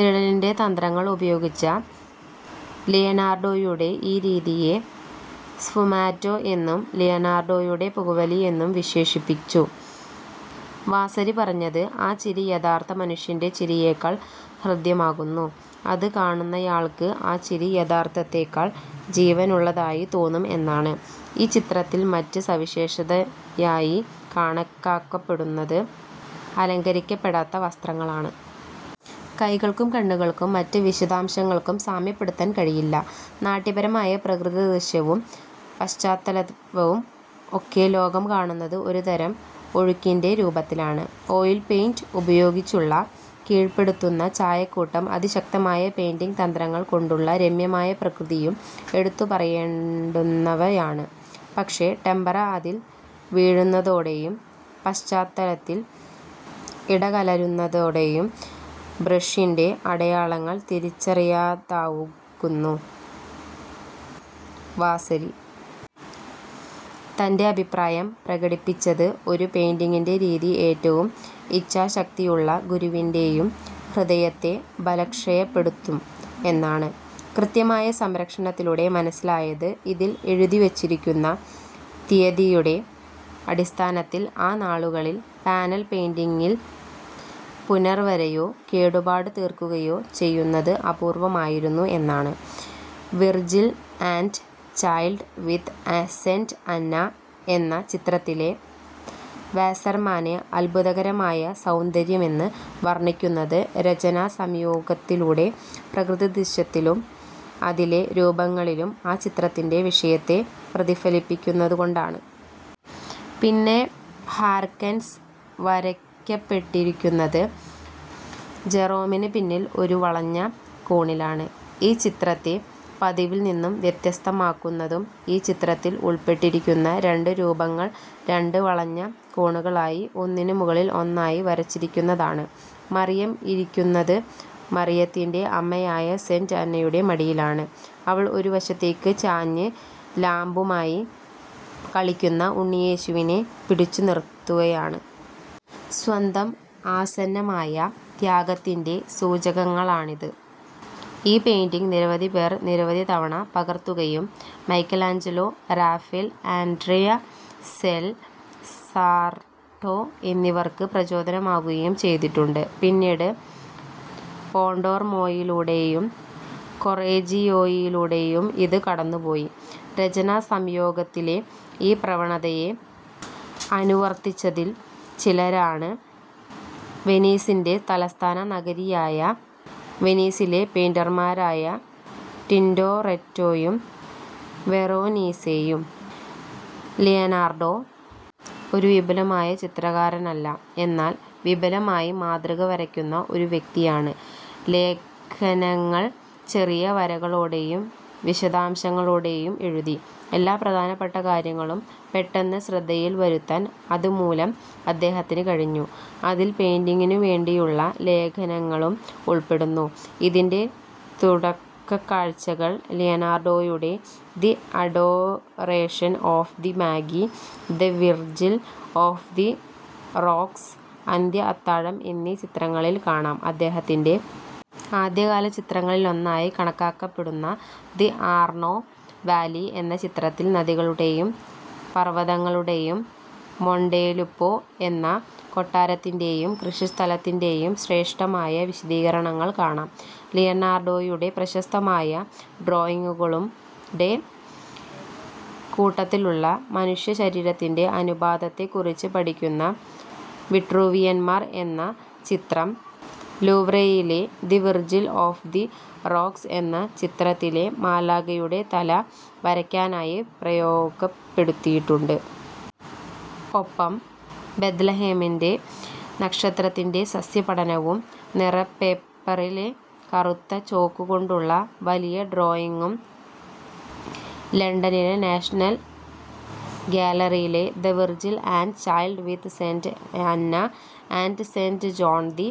നിഴലിൻ്റെ തന്ത്രങ്ങൾ ഉപയോഗിച്ച ലിയനാർഡോയുടെ ഈ രീതിയെ സ്ഫുമാറ്റോ എന്നും ലിയനാർഡോയുടെ പുകവലി എന്നും വിശേഷിപ്പിച്ചു. വാസരി പറഞ്ഞത്, ആ ചിരി യഥാർത്ഥ മനുഷ്യൻ്റെ ചിരിയേക്കാൾ ഹൃദ്യമാകുന്നു. അത് കാണുന്നയാൾക്ക് ആ ചിരി യഥാർത്ഥത്തേക്കാൾ ജീവനുള്ളതായി തോന്നും എന്നാണ്.ഈ ചിത്രത്തിൽ മറ്റ് സവിശേഷതയായി കണക്കാക്കപ്പെടുന്നത് അലങ്കരിക്കപ്പെടാത്ത വസ്ത്രങ്ങളാണ്. കൈകൾക്കും കണ്ണുകൾക്കും മറ്റ് വിശദാംശങ്ങൾക്കും സാമ്യപ്പെടുത്താൻ കഴിയില്ല. നാട്യപരമായ പ്രകൃതിദൃശ്യവും പശ്ചാത്തലവും ഒക്കെ ലോകം കാണുന്നത് ഒരുതരം ഒഴുക്കിൻ്റെ രൂപത്തിലാണ്. ഓയിൽ പെയിന്റ് ഉപയോഗിച്ചുള്ള കീഴ്പ്പെടുത്തുന്ന ചായക്കൂട്ടും അതിശക്തമായ പെയിന്റിങ് തന്ത്രങ്ങൾ കൊണ്ടുള്ള രമ്യമായ പ്രകൃതിയും എടുത്തുപറയേണ്ടുന്നവയാണ്. പക്ഷെ ടെമ്പറ അതിൽ വീഴുന്നതോടെയും പശ്ചാത്തലത്തിൽ ഇടകലരുന്നതോടെയും ബ്രഷിൻ്റെ അടയാളങ്ങൾ തിരിച്ചറിയാതാകുന്നു. വാസരി തൻ്റെ അഭിപ്രായം പ്രകടിപ്പിച്ചത് ഒരു പെയിന്റിങ്ങിൻ്റെ രീതി ഏറ്റവും ഇച്ഛാശക്തിയുള്ള ഗുരുവിൻ്റെ യും ഹൃദയത്തെ ബലക്ഷയപ്പെടുത്തും എന്നാണ്. കൃത്യമായ സംരക്ഷണത്തിലൂടെ മനസ്സിലായത്, ഇതിൽ എഴുതിവച്ചിരിക്കുന്ന തീയതിയുടെ അടിസ്ഥാനത്തിൽ ആ നാളുകളിൽ പാനൽ പെയിന്റിങ്ങിൽ പുനർവരയോ കേടുപാട് തീർക്കുകയോ ചെയ്യുന്നത് അപൂർവ്വമായിരുന്നു എന്നാണ്. Virgin and Child with a Saint Anna എന്ന ചിത്രത്തിലെ വാസ്സെർമാനെ അത്ഭുതകരമായ സൗന്ദര്യമെന്ന് വർണ്ണിക്കുന്നത് രചനാസംയോഗത്തിലൂടെ പ്രകൃതിദൃശ്യത്തിലും അതിലെ രൂപങ്ങളിലും ആ ചിത്രത്തിൻ്റെ വിഷയത്തെ പ്രതിഫലിപ്പിക്കുന്നതുകൊണ്ടാണ്. പിന്നെ ഹാർക്കൻസ് വരയ്ക്കപ്പെട്ടിരിക്കുന്നത് ജെറോമിന് പിന്നിൽ ഒരു വളഞ്ഞ കോണിലാണ്. ഈ ചിത്രത്തെ പതിവിൽ നിന്നും വ്യത്യസ്തമാക്കുന്നതും ഈ ചിത്രത്തിൽ ഉൾപ്പെട്ടിരിക്കുന്ന രണ്ട് രൂപങ്ങൾ രണ്ട് വളഞ്ഞ കോണുകളായി ഒന്നിനുമുകളിൽ ഒന്നായി വരച്ചിരിക്കുന്നതാണ്. മറിയം ഇരിക്കുന്നത് മറിയത്തിൻ്റെ അമ്മയായ സെന്റ് അന്നയുടെ മടിയിലാണ്. അവൾ ഒരു വശത്തേക്ക് ചാഞ്ഞ് ലാമ്പുമായി കളിക്കുന്ന ഉണ്ണിയേശുവിനെ പിടിച്ചുനിർത്തുകയാണ്. സ്വന്തം ആസന്നമായ ത്യാഗത്തിൻ്റെ സൂചനകളാണിത്.ഈ പെയിന്റിങ് നിരവധി പേർ നിരവധി തവണ പകർത്തുകയും Michelangelo, Raphael, Andrea del Sarto എന്നിവർക്ക് പ്രചോദനമാകുകയും ചെയ്തിട്ടുണ്ട്. പിന്നീട് പോണ്ടോർമോയിലൂടെയും കൊറെജിയോയിലൂടെയും ഇത് കടന്നുപോയി. രചനാസംയോഗത്തിലെ ഈ പ്രവണതയെ അനുവർത്തിച്ചതിൽ ചിലരാണ് വെനീസിൻ്റെ തലസ്ഥാന നഗരിയായ വെനീസിലെ പെയിന്റർമാരായ ടിന്റൊറെറ്റൊയും വെറോനീസെയും. ലിയനാർഡോ ഒരു വിപുലമായ ചിത്രകാരനല്ല, എന്നാൽ വിപുലമായി മാതൃക വരയ്ക്കുന്ന ഒരു വ്യക്തിയാണ്. ലേഖനങ്ങൾ ചെറിയ വരകളോടെയും വിശദാംശങ്ങളോടെയും എഴുതി. എല്ലാ പ്രധാനപ്പെട്ട കാര്യങ്ങളും പെട്ടെന്ന് ശ്രദ്ധയിൽ വരുത്താൻ അതുമൂലം അദ്ദേഹത്തിന് കഴിഞ്ഞു. അതിൽ പെയിന്റിങ്ങിനുവേണ്ടിയുള്ള ലേഖനങ്ങളും ഉൾപ്പെടുന്നു. ഇതിൻ്റെ തുടക്കക്കാഴ്ചകൾ ലിയനാർഡോയുടെ the Adoration of the Magi, the Virgin of the Rocks, അന്ത്യ അത്താഴം എന്നീ ചിത്രങ്ങളിൽ കാണാം. അദ്ദേഹത്തിൻ്റെ ആദ്യകാല ചിത്രങ്ങളിലൊന്നായി കണക്കാക്കപ്പെടുന്ന ദി ആർണോ വാലി എന്ന ചിത്രത്തിൽ നദികളുടെയും പർവതങ്ങളുടെയും മൊണ്ടേലുപ്പോ എന്ന കൊട്ടാരത്തിൻ്റെ യും കൃഷിസ്ഥലത്തിൻ്റെ യും ശ്രേഷ്ഠമായ വിശദീകരണങ്ങൾ കാണാം. ലിയനാർഡോയുടെ പ്രശസ്തമായ ഡ്രോയിങ്ങുകളും ടെ കൂട്ടത്തിലുള്ള മനുഷ്യശരീരത്തിൻ്റെ അനുപാതത്തെ കുറിച്ച് പഠിക്കുന്ന വിട്രൂവിയൻ മാർ എന്ന ചിത്രം ലൂവ്രേയിലെ the Virgin of the Rocks എന്ന ചിത്രത്തിലെ മാലാഖയുടെ തല വരയ്ക്കാനായി പ്രയോഗപ്പെടുത്തിയിട്ടുണ്ട്. ഒപ്പം ബെത്ലഹേമിൻ്റെ നക്ഷത്രത്തിൻ്റെ സസ്യപഠനവും നിറപ്പേപ്പറിലെ കറുത്ത ചോക്കുകൊണ്ടുള്ള വലിയ ഡ്രോയിങ്ങും ലണ്ടനിലെ നാഷണൽ ഗാലറിയിലെ the Virgin and Child with Saint Anna and Saint John the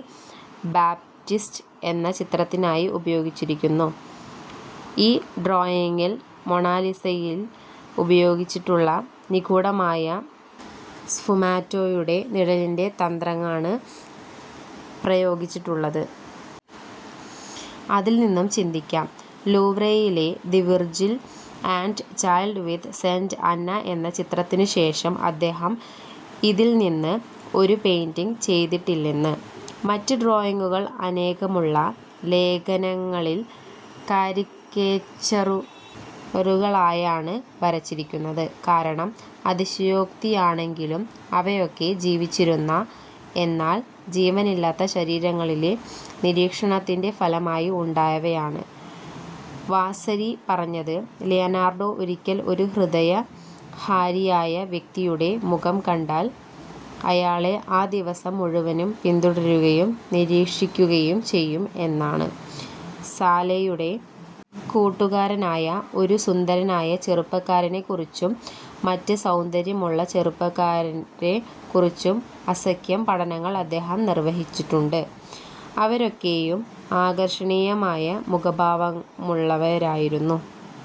Baptist എന്ന ചിത്രത്തിനായി ഉപയോഗിച്ചിരിക്കുന്നു.ഈ ഡ്രോയിങ്ങിൽ മൊണാലിസയിൽ ഉപയോഗിച്ചിട്ടുള്ള നിഗൂഢമായ സ്ഫുമാറ്റോയുടെ നിഴലിൻ്റെ തന്ത്രങ്ങാണ് പ്രയോഗിച്ചിട്ടുള്ളത്. അതിൽനിന്നും ചിന്തിക്കാം, ലൂവ്രേയിലെ the Virgin and Child with Saint Anna എന്ന ചിത്രത്തിനുശേഷം അദ്ദേഹം ഇതിൽനിന്ന് ഒരു പെയിന്റിങ് ചെയ്തിട്ടില്ലെന്ന്. മറ്റ് ഡ്രോയിങ്ങുകൾ അനേകമുള്ള ലേഖനങ്ങളിൽ കാരിക്കേച്ചറു റുകളായാണ് വരച്ചിരിക്കുന്നത്. കാരണം അതിശയോക്തിയാണെങ്കിലും അവയൊക്കെ ജീവിച്ചിരുന്ന, എന്നാൽ ജീവനില്ലാത്ത ശരീരങ്ങളിലെ നിരീക്ഷണത്തിൻ്റെ ഫലമായി ഉണ്ടായവയാണ്. വാസരി പറഞ്ഞത്, ലിയനാർഡോ ഒരിക്കൽ ഒരു ഹൃദയഹാരിയായ വ്യക്തിയുടെ മുഖം കണ്ടാൽ അയാളെ ആ ദിവസം മുഴുവനും പിന്തുടരുകയും നിരീക്ഷിക്കുകയും ചെയ്യും എന്നാണ്. സാലൈയുടെ കൂട്ടുകാരനായ ഒരു സുന്ദരനായ ചെറുപ്പക്കാരനെ കുറിച്ചും മറ്റ് സൗന്ദര്യമുള്ള ചെറുപ്പക്കാരെ കുറിച്ചും അസക്യം പഠനങ്ങൾ അദ്ദേഹം നിർവഹിച്ചിട്ടുണ്ട്. അവരൊക്കെയും ആകർഷണീയമായ മുഖഭാവമുള്ളവരായിരുന്നു.